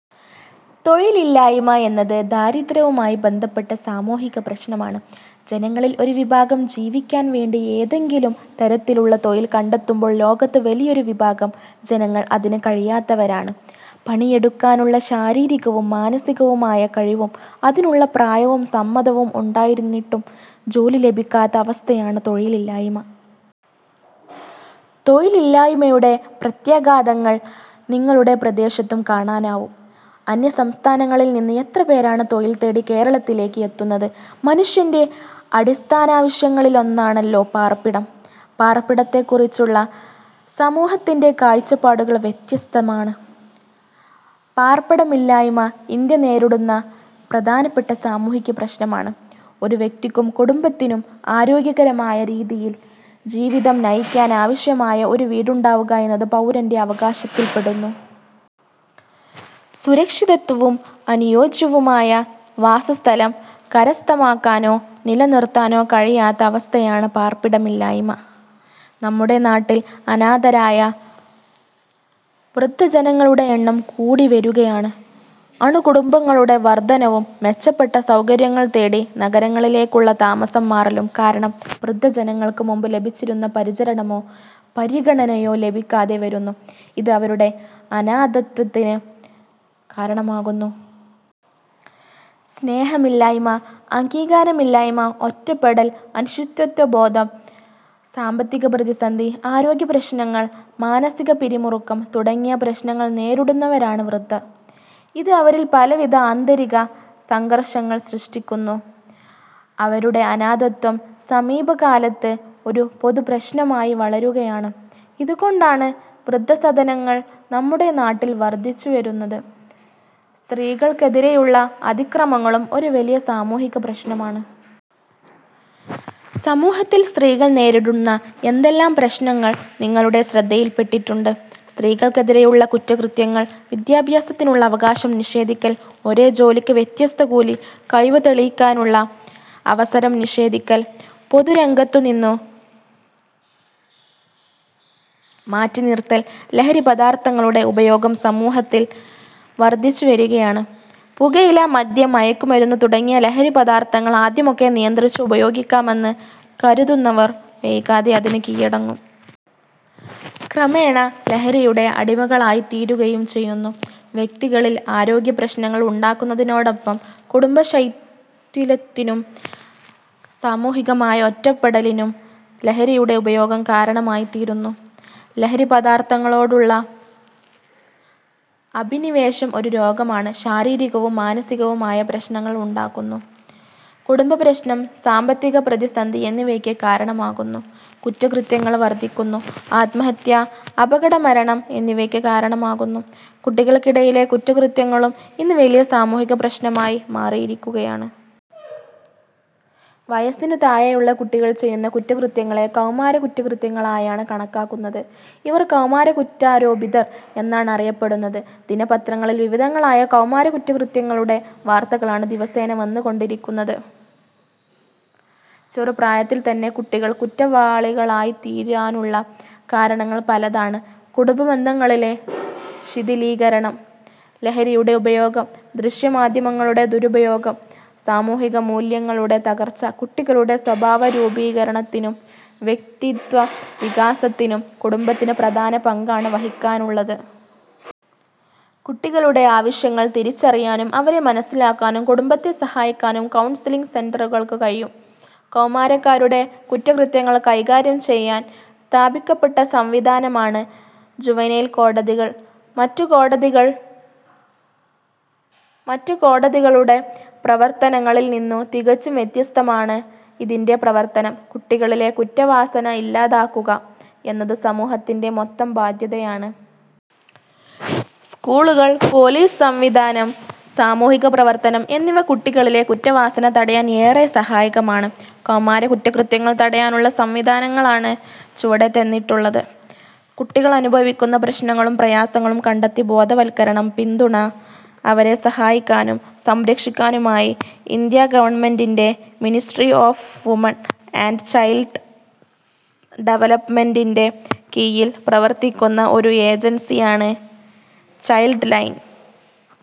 തൊഴിലില്ലായ്മ എന്നത് ദാരിദ്ര്യവുമായി ബന്ധപ്പെട്ട സാമൂഹിക പ്രശ്നമാണ്. ജനങ്ങളിൽ ഒരു വിഭാഗം ജീവിക്കാൻ വേണ്ടി ഏതെങ്കിലും തരത്തിലുള്ള തൊഴിൽ കണ്ടെത്തുമ്പോൾ ലോകത്ത് വലിയൊരു വിഭാഗം ജനങ്ങൾ അതിന് കഴിയാത്തവരാണ്. പണിയെടുക്കാനുള്ള ശാരീരികവും മാനസികവുമായ കഴിവും അതിനുള്ള പ്രായവും സമ്മതവും ഉണ്ടായിരുന്നിട്ടും ജോലി ലഭിക്കാത്ത അവസ്ഥയാണ് തൊഴിലില്ലായ്മ. തൊഴിലില്ലായ്മയുടെ പ്രത്യാഘാതങ്ങൾ നിങ്ങളുടെ പ്രദേശത്തും കാണാനാവും. അന്യസംസ്ഥാനങ്ങളിൽനിന്ന് എത്രപേരാണ് തൊഴിൽ തേടി കേരളത്തിലേക്ക് എത്തുന്നത്. മനുഷ്യന്റെ അടിസ്ഥാനാവശ്യങ്ങളിലൊന്നാണല്ലോ പാർപ്പിടം. പാർപ്പിടത്തെക്കുറിച്ചുള്ള സമൂഹത്തിന്റെ കാഴ്ചപ്പാടുകൾ വ്യത്യസ്തമാണ്. പാർപ്പിടമില്ലായ്മ ഇന്ത്യ നേരിടുന്ന പ്രധാനപ്പെട്ട സാമൂഹികപ്രശ്നമാണ്. ഒരു വ്യക്തിക്കും കുടുംബത്തിനും ആരോഗ്യകരമായ രീതിയിൽ ജീവിതം നയിക്കാനാവശ്യമായ ഒരു വീടുണ്ടാവുക എന്നത് പൗരന്റെ അവകാശത്തിൽപ്പെടുന്നു. സുരക്ഷിതത്വവും അനുയോജ്യവുമായ വാസസ്ഥലം കരസ്ഥമാക്കാനോ നിലനിർത്താനോ കഴിയാത്ത അവസ്ഥയാണ് പാർപ്പിടമില്ലായ്മ. നമ്മുടെ നാട്ടിൽ അനാഥരായ വൃദ്ധജനങ്ങളുടെ എണ്ണം കൂടിവരുകയാണ്. അണുകുടുംബങ്ങളുടെ വർധനവും മെച്ചപ്പെട്ട സൗകര്യങ്ങൾ തേടി നഗരങ്ങളിലേക്കുള്ള താമസം മാറലും കാരണം വൃദ്ധജനങ്ങൾക്ക് മുമ്പ് ലഭിച്ചിരുന്ന പരിചരണമോ പരിഗണനയോ ലഭിക്കാതെ വരുന്നു. ഇത് അവരുടെ അനാഥത്വത്തിന് കാരണമാകുന്നു. സ്നേഹമില്ലായ്മ, അംഗീകാരമില്ലായ്മ, ഒറ്റപ്പെടൽ, അനിശ്ചിതത്വബോധം, സാമ്പത്തികപ്രതിസന്ധി, ആരോഗ്യപ്രശ്നങ്ങൾ, മാനസികപിരിമുറുക്കം തുടങ്ങിയ പ്രശ്നങ്ങൾ നേരിടുന്നവരാണ് വൃദ്ധർ. ഇത് അവരിൽ പലവിധ ആന്തരിക സംഘർഷങ്ങൾ സൃഷ്ടിക്കുന്നു. അവരുടെ അനാഥത്വം സമീപകാലത്ത് ഒരു പൊതുപ്രശ്നമായി വളരുകയാണ്. ഇതുകൊണ്ടാണ് വൃദ്ധസദനങ്ങൾ നമ്മുടെ നാട്ടിൽ വർധിച്ചുവരുന്നത്. സ്ത്രീകൾക്കെതിരെയുള്ള അതിക്രമങ്ങളും ഒരു വലിയ സാമൂഹിക പ്രശ്നമാണ്. സമൂഹത്തിൽ സ്ത്രീകൾ നേരിടുന്ന എന്തെല്ലാം പ്രശ്നങ്ങൾ നിങ്ങളുടെ ശ്രദ്ധയിൽപ്പെട്ടിട്ടുണ്ട്? സ്ത്രീകൾക്കെതിരെയുള്ള കുറ്റകൃത്യങ്ങൾ. വിദ്യാഭ്യാസത്തിനുള്ള അവകാശം നിഷേധിക്കൽ. ഒരേ ജോലിക്ക് വ്യത്യസ്ത കൂലി. കഴിവു തെളിയിക്കാനുള്ള അവസരം നിഷേധിക്കൽ. പൊതുരംഗത്തുനിന്നു മാറ്റിനിർത്തൽ. ലഹരിപദാർഥങ്ങളുടെ ഉപയോഗം സമൂഹത്തിൽ വർധിച്ചുവരുകയാണ്. പുകയില, മദ്യം, മയക്കുമരുന്ന് തുടങ്ങിയ ലഹരിപദാർഥങ്ങൾ ആദ്യമൊക്കെ നിയന്ത്രിച്ച് ഉപയോഗിക്കാമെന്ന് കരുതുന്നവർ വൈകാതെ അതിന് കീഴടങ്ങും. ക്രമേണ ലഹരിയുടെ അടിമകളായിത്തീരുകയും ചെയ്യുന്നു. വ്യക്തികളിൽ ആരോഗ്യപ്രശ്നങ്ങൾ ഉണ്ടാക്കുന്നതിനോടൊപ്പം കുടുംബശൈഥില്യത്തിനും സാമൂഹികമായ ഒറ്റപ്പെടലിനും ലഹരിയുടെ ഉപയോഗം കാരണമായിത്തീരുന്നു. ലഹരിപദാർഥങ്ങളോടുള്ള അഭിനിവേശം ഒരു രോഗമാണ്. ശാരീരികവും മാനസികവുമായ പ്രശ്നങ്ങൾ ഉണ്ടാകുന്നു. കുടുംബപ്രശ്നം, സാമ്പത്തിക പ്രതിസന്ധി എന്നിവയ്ക്ക് കാരണമാകുന്നു. കുറ്റകൃത്യങ്ങൾ വർധിക്കുന്നു. ആത്മഹത്യ, അപകടമരണം എന്നിവയ്ക്ക് കാരണമാകുന്നു. കുട്ടികൾക്കിടയിലെ കുറ്റകൃത്യങ്ങളും ഇന്ന് വലിയ സാമൂഹികപ്രശ്നമായി മാറിയിരിക്കുകയാണ്. വയസ്സിനു താഴെയുള്ള കുട്ടികൾ ചെയ്യുന്ന കുറ്റകൃത്യങ്ങളെ കൗമാര കുറ്റകൃത്യങ്ങളായാണ് കണക്കാക്കുന്നത്. ഇവർ കൗമാര കുറ്റാരോപിതർ എന്നാണറിയപ്പെടുന്നത്. ദിനപത്രങ്ങളിൽ വിവിധങ്ങളായ കൗമാര കുറ്റകത്യങ്ങളുടെ വാർത്തകളാണ് ദിവസേന വന്നുകൊണ്ടിരിക്കുന്നത്. ചെറുപ്രായത്തിൽത്തന്നെ കുട്ടികൾ കുറ്റവാളികളായിത്തീരാനുള്ള കാരണങ്ങൾ പലതാണ്. കുടുംബബന്ധങ്ങളിലെ ശിഥിലീകരണം. ലഹരിയുടെ ഉപയോഗം. ദൃശ്യമാധ്യമങ്ങളുടെ ദുരുപയോഗം. സാമൂഹികമൂല്യങ്ങളുടെ തകർച്ച. കുട്ടികളുടെ സ്വഭാവരൂപീകരണത്തിനും വ്യക്തിത്വവികാസത്തിനും കുടുംബത്തിന് പ്രധാന പങ്കാണ് വഹിക്കാനുള്ളത്. കുട്ടികളുടെ ആവശ്യങ്ങൾ തിരിച്ചറിയാനും അവരെ മനസ്സിലാക്കാനും കുടുംബത്തെ സഹായിക്കാനും കൗൺസലിംങ് സെന്ററുകൾക്ക് കഴിയും. കൗമാരക്കാരുടെ കുറ്റ കൃത്യങ്ങൾ കൈകാര്യം ചെയ്യാൻ സ്ഥാപിക്കപ്പെട്ട സംവിധാനമാണ് ജുവനൈൽ കോടതികൾ. മറ്റു കോടതികളുടെ പ്രവർത്തനങ്ങളിൽ നിന്നു തികച്ചും വ്യത്യസ്തമാണ് ഇതിന്റെ പ്രവർത്തനം. കുട്ടികളിലെ കുറ്റവാസന ഇല്ലാതാക്കുക എന്നത് സമൂഹത്തിന്റെ മൊത്തം ബാധ്യതയാണ്. സ്കൂളുകൾ, പൊലീസ് സംവിധാനം, സാമൂഹിക പ്രവർത്തനം എന്നിവ കുട്ടികളിലെ കുറ്റവാസന തടയാൻ ഏറെ സഹായകമാണ്. കൗമാര കുറ്റകൃത്യങ്ങൾ തടയാനുള്ള സംവിധാനങ്ങളാണ് ചുവടെ തന്നിട്ടുള്ളത്. കുട്ടികളനുഭവിക്കുന്ന പ്രശ്നങ്ങളും പ്രയാസങ്ങളും കണ്ടെത്തി ബോധവൽക്കരണം, പിന്തുണ അവരെ സഹായിക്കാനും സംരക്ഷിക്കാനുമായി ഇന്ത്യാ ഗവൺമെന്റിന്റെ ministry of woman and child ഡവലപ്മെന്റിന്റെ കീഴിൽ പ്രവർത്തിക്കുന്ന ഒരു ഏജൻസിയാണ് ചൈൽഡ് ലൈൻ.